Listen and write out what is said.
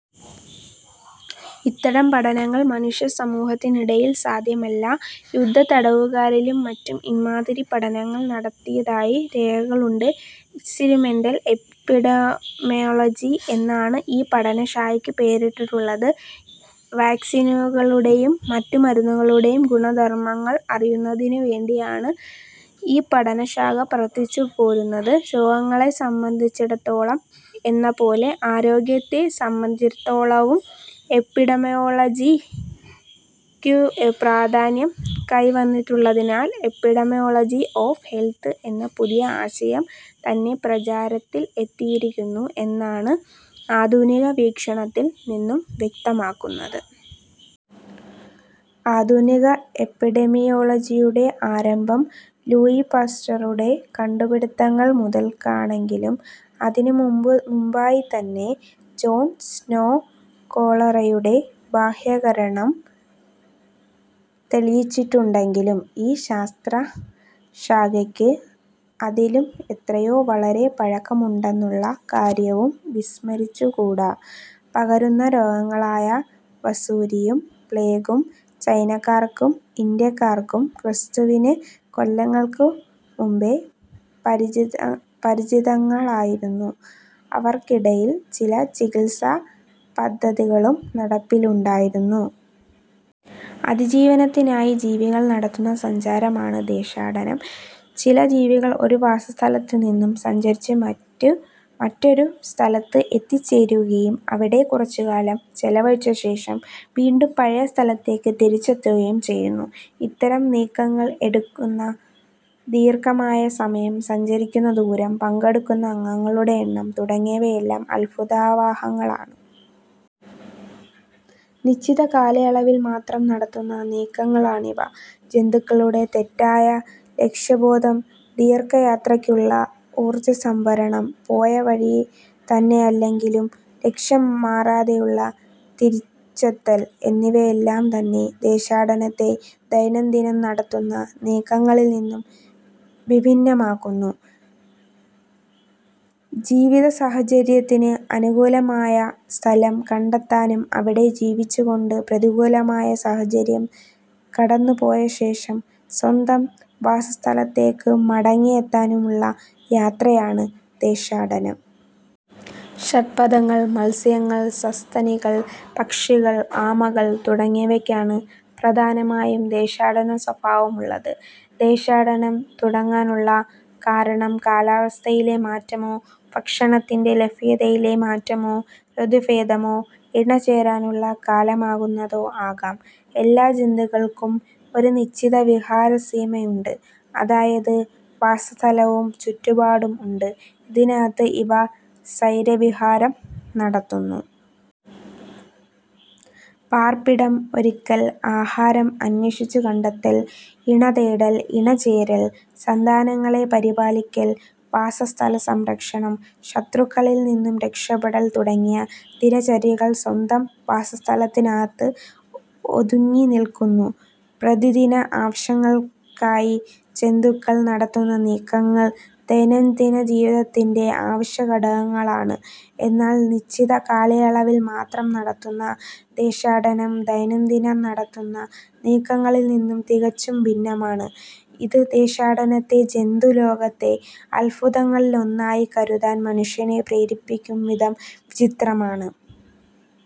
ഇത്തരം പഠനങ്ങൾ മനുഷ്യ സമൂഹത്തിനിടയിൽ സാധ്യമല്ല. യുദ്ധത്തടവുകാരിലും മറ്റും ഇമ്മാതിരി പഠനങ്ങൾ നടത്തിയതായി രേഖകളുണ്ട്. എക്സ്പരിമെന്റൽ എപ്പിഡെമിയോളജി എന്നാണ് ഈ പഠനശാഖയ്ക്കു പേരിട്ടിട്ടുള്ളത്. വാക്സിനുകളുടെയും മറ്റുമരുന്നുകളുടെയും ഗുണധർമങ്ങൾ അറിയുന്നതിനു വേണ്ടിയാണ് ഈ പഠന ശാഖ പ്രവർത്തിച്ചുപോരുന്നത്. രോഗങ്ങളെ സംബന്ധിച്ചിടത്തോളം എന്നപോലെ ആരോഗ്യത്തെ സംബന്ധിച്ചിടത്തോളവും എപ്പിഡെമിയോളജിക്കു പ്രാധാന്യം കൈവന്നിട്ടുള്ളതിനാൽ എപ്പിഡമിയോളജി ഒഫ് ഹെൽത്ത് എന്ന പുതിയ ആശയം തന്നെ പ്രചാരത്തിൽ എത്തിയിരിക്കുന്നു എന്നാണ് ആധുനിക വീക്ഷണത്തിൽ നിന്നു വ്യക്തമാകുന്നത്. ആധുനിക എപ്പിഡെമിയോളജിയുടെ ആരംഭം ലൂയീപാസ്റ്ററുടെ കണ്ടുപിടിത്തങ്ങൾ മുതൽക്കാണെങ്കിലും അതിനു മുമ്പായിതന്നെ ജോൺ സ്നോ കോളറയുടെ ബാഹ്യകാരണം തെളിയിച്ചിട്ടുണ്ടെങ്കിലും ഈ ശാസ്ത്രശാഖയ്ക്ക് അതിലും എത്രയോ വളരെ പഴക്കമുണ്ടെന്നുള്ള കാര്യവും വിസ്മരിച്ചുകൂട. പകരുന്ന രോഗങ്ങളായ വസൂരിയും, പ്ലേഗും ചൈനക്കാർക്കും ഇന്ത്യക്കാർക്കും ക്രിസ്തുവിന് കൊല്ലങ്ങൾക്കു മുമ്പേ പരിചിതങ്ങളായിരുന്നു; അവർക്കിടയിൽ ചില ചികിത്സാപദ്ധതികളും നടപ്പിലുണ്ടായിരുന്നു. അതിജീവനത്തിനായി ജീവികൾ നടത്തുന്ന സഞ്ചാരമാണ് ദേശാടനം. ചില ജീവികൾ ഒരു വാസസ്ഥലത്തുനിന്നു സഞ്ചരിച്ച് മറ്റൊരു സ്ഥലത്ത് എത്തിച്ചേരുകയും അവിടെ കുറച്ചുകാലം ചെലവഴിച്ചശേഷം വീണ്ടും പഴയ സ്ഥലത്തേക്കു തിരിച്ചെത്തുകയും ചെയ്യുന്നു. ഇത്തരം നീക്കങ്ങൾ എടുക്കുന്ന ദീർഘമായ സമയം, സഞ്ചരിക്കുന്ന ദൂരം, പങ്കെടുക്കുന്ന അംഗങ്ങളുടെ എണ്ണം തുടങ്ങിയവയെല്ലാം അത്ഭുതാവഹങ്ങളാണ്. നിശ്ചിത കാലയളവിൽമാത്രം നടക്കുന്ന നീക്കങ്ങളാണിവ. ജന്തുക്കളുടെ തെറ്റാത്ത ലക്ഷ്യബോധം ദീർഘയാത്രയ്ക്കുള്ള ഊർജസംഭരണം, പോയവഴിതന്നെയല്ലെങ്കിലും ലക്ഷ്യം മാറാതെയുള്ള തിരിച്ചെത്തൽ എന്നിവയെല്ലാംതന്നെ ദേശാടനത്തെ ദൈനംദിനം നടത്തുന്ന നീക്കങ്ങളിൽനിന്നു വിഭിന്നമാക്കുന്നു. ജീവിതസാഹചര്യത്തിന് അനുകൂലമായ സ്ഥലം കണ്ടെത്താനും അവിടെ ജീവിച്ചുകൊണ്ട് പ്രതികൂലമായ സാഹചര്യം കടന്നുപോയശേഷം സ്വന്തം വാസസ്ഥലത്തേക്കു മടങ്ങിയെത്താനുമുള്ള യാത്രയാണ് ദേശാടനം. ഷഡ്പദങ്ങൾ, മത്സ്യങ്ങൾ, സസ്തനികൾ, പക്ഷികൾ, ആമകൾ തുടങ്ങിയവയ്ക്കാണ് പ്രധാനമായും ദേശാടനസ്വഭാവമുള്ളത്. ദേശാടനം തുടങ്ങാനുള്ള കാരണം കാലാവസ്ഥയിലെ മാറ്റമോ, ഭക്ഷണത്തിന്റെ ലഭ്യതയിലെ മാറ്റമോ, ഋതുഭേദമോ, ഇണചേരാനുള്ള കാലമാകുന്നതോ ആകാം. എല്ലാ ജന്തുക്കൾക്കും ഒരു നിശ്ചിത വിഹാരസീമയുണ്ട്; അതായത്, വാസസ്ഥലവും ചുറ്റുപാടും ഉണ്ട്. ഇതിനകത്ത് ഇവ സ്വൈരവിഹാരം നടത്തുന്നു. പാർപ്പിടം ഒരുക്കൽ, ആഹാരം അന്വേഷിച്ചുകണ്ടെത്തൽ, ഇണതേടൽ, ഇണചേരൽ, സന്താനങ്ങളെ പരിപാലിക്കൽ, വാസസ്ഥലസംരക്ഷണം, ശത്രുക്കളിൽനിന്നു രക്ഷപ്പെടൽ തുടങ്ങിയ ദിനചര്യകൾ സ്വന്തം വാസസ്ഥലത്തിനകത്ത് ഒതുങ്ങിനില്ക്കുന്നു. പ്രതിദിന ആവശ്യങ്ങൾക്കായി ജന്തുക്കൾ നടത്തുന്ന നീക്കങ്ങൾ ദൈനംദിനജീവിതത്തിന്റെ അവശ്യഘടകങ്ങളാണ്. എന്നാൽ നിശ്ചിത കാലയളവിൽമാത്രം നടക്കുന്ന ദേശാടനം ദൈനംദിനം നടത്തുന്ന നീക്കങ്ങളിൽനിന്നു തികച്ചും ഭിന്നമാണ്. ഇത് ദേശാടനത്തെ ജന്തുലോകത്തെ അത്ഭുതങ്ങളിലൊന്നായി കരുതാൻ മനുഷ്യനെ പ്രേരിപ്പിക്കുംവിധം വിചിത്രമാണ്.